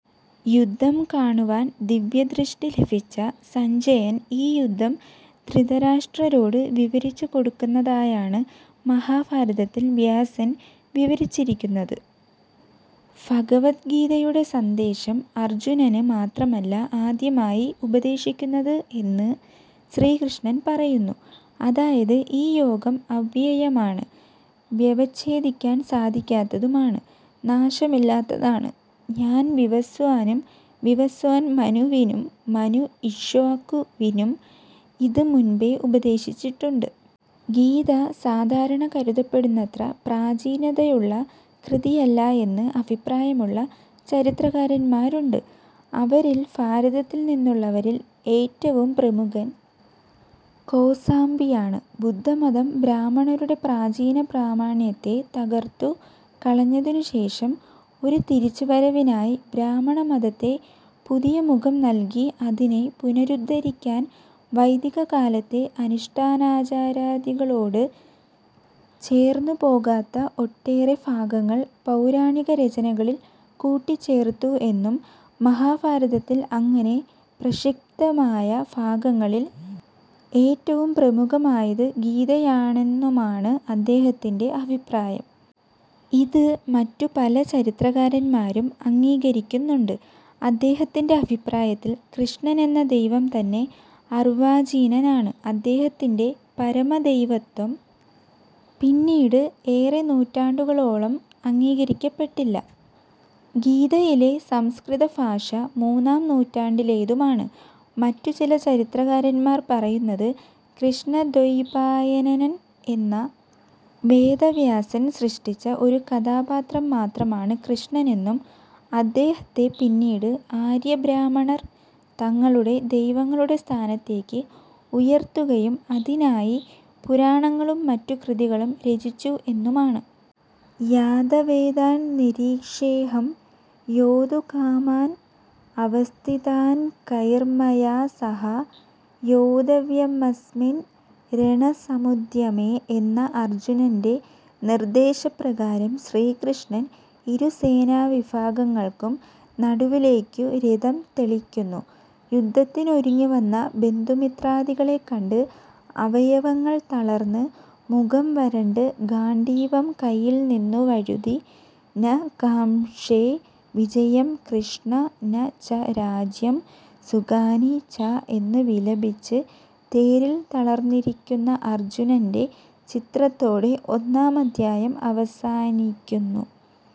യുദ്ധം കാണുവാൻ ദിവ്യദൃഷ്ടി ലഭിച്ച സഞ്ജയൻ ഈ യുദ്ധം ധൃതരാഷ്ട്രരോട് വിവരിച്ചു കൊടുക്കുന്നതായാണ് മഹാഭാരതത്തിൽ വ്യാസൻ വിവരിച്ചിരിക്കുന്നത്. ഭഗവദ്ഗീതയുടെ സന്ദേശം അർജ്ജുനന് മാത്രമല്ല ആദ്യമായി ഉപദേശിക്കുന്നത് എന്ന് ശ്രീകൃഷ്ണൻ പറയുന്നു. അതായത് ഈ യോഗം അവ്യയമാണ്, വ്യവച്ഛേദിക്കാൻ സാധിക്കാത്തതുമാണ്, നാശമില്ലാത്തതാണ്. ഞാൻ വിവസ്വാനും, വിവസ്വാൻ മനുവിനും മനു ഇക്ഷ്വാകു വിനും ഇത് മുൻപേ ഉപദേശിച്ചിട്ടുണ്ട്. ഗീത സാധാരണ കരുതപ്പെടുന്നത്ര പ്രാചീനതയുള്ള കൃതിയല്ല എന്ന് അഭിപ്രായമുള്ള ചരിത്രകാരന്മാരുണ്ട്. അവരിൽ ഭാരതത്തിൽ നിന്നുള്ളവരിൽ ഏറ്റവും പ്രമുഖൻ കോസാംബിയാണ്. ബുദ്ധമതം ബ്രാഹ്മണരുടെ പ്രാചീനപ്രാമാണ്യത്തെ തകർത്തു കളഞ്ഞതിനുശേഷം ഒരു തിരിച്ചു വരവിനായി ബ്രാഹ്മണമതത്തെ പുതിയ മുഖം നൽകി അതിനെ പുനരുദ്ധരിക്കാൻ വൈദികകാലത്തെ അനുഷ്ഠാനാചാരാദികളോട് ചേർന്നു പോകാത്ത ഒട്ടേറെ ഭാഗങ്ങൾ പൗരാണിക രചനകളിൽ കൂട്ടിച്ചേർത്തു എന്നും മഹാഭാരത്തിൽ അങ്ങനെ പ്രക്ഷിപ്തമായ ഭാഗങ്ങളിൽ ഏറ്റവും പ്രമുഖമായത് ഗീതയാണെന്നുമാണു അദ്ദേഹത്തിന്റെ അഭിപ്രായം. ഇത് മറ്റു പല ചരിത്രകാരന്മാരും അംഗീകരിക്കുന്നുണ്ട്. അദ്ദേഹത്തിന്റെ അഭിപ്രായത്തിൽ, കൃഷ്ണനെന്ന ദൈവം തന്നെ അർവ്വാചീനനാണ്. അദ്ദേഹത്തിന്റെ പരമദൈവത്വം പിന്നീട് ഏറെ നൂറ്റാണ്ടുകളോളം അംഗീകരിക്കപ്പെട്ടില്ല. ഗീതയിലെ സംസ്കൃത ഭാഷ മൂന്നാം നൂറ്റാണ്ടിലേതുമാണ്. മറ്റു ചില ചരിത്രകാരന്മാർ പറയുന്നത് കൃഷ്ണദ്വൈപായനൻ എന്ന വേദവ്യാസൻ സൃഷ്ടിച്ച ഒരു കഥാപാത്രം മാത്രമാണ് കൃഷ്ണനെന്നും അദ്ദേഹത്തെ പിന്നീട് ആര്യബ്രാഹ്മണർ തങ്ങളുടെ ദൈവങ്ങളുടെ സ്ഥാനത്തേക്ക് ഉയർത്തുകയും അതിനായി പുരാണങ്ങളും മറ്റു കൃതികളും രചിച്ചു എന്നുമാണ്. യാദവേതാൻ നിരീക്ഷ്യേഹം യോദ്ധുകാമാൻ അവസ്ഥിതാൻകൈർമയാ സഹ യോദ്ധവ്യമസ്മിൻ രണസമുദ്യമേ. എന്ന അർജ്ജുനന്റെ നിർദ്ദേശപ്രകാരം ശ്രീകൃഷ്ണൻ ഇരുസേനാവിഭാഗങ്ങൾക്കും നടുവിലേയ്ക്കു രഥം തെളിയ്ക്കുന്നു. യുദ്ധത്തിനൊരുങ്ങിവന്ന ബന്ധുമിത്രാദികളെ കണ്ട് അവയവങ്ങൾ തളർന്ന്, മുഖം വരണ്ട്, ഗാണ്ഡീവം കൈയിൽന്നിന്നു വഴുതി, ന കാംക്ഷേ വിജയം കൃഷ്ണ ന ച രാജ്യം സുഖാനി ച എന്നു വിലപിച്ച് തേരിൽ തളർന്നിരിയ്ക്കുന്ന അർജ്ജുനന്റെ ചിത്രത്തോടെ ഒന്നാമദ്ധ്യായം അവസാനിയ്ക്കുന്നു.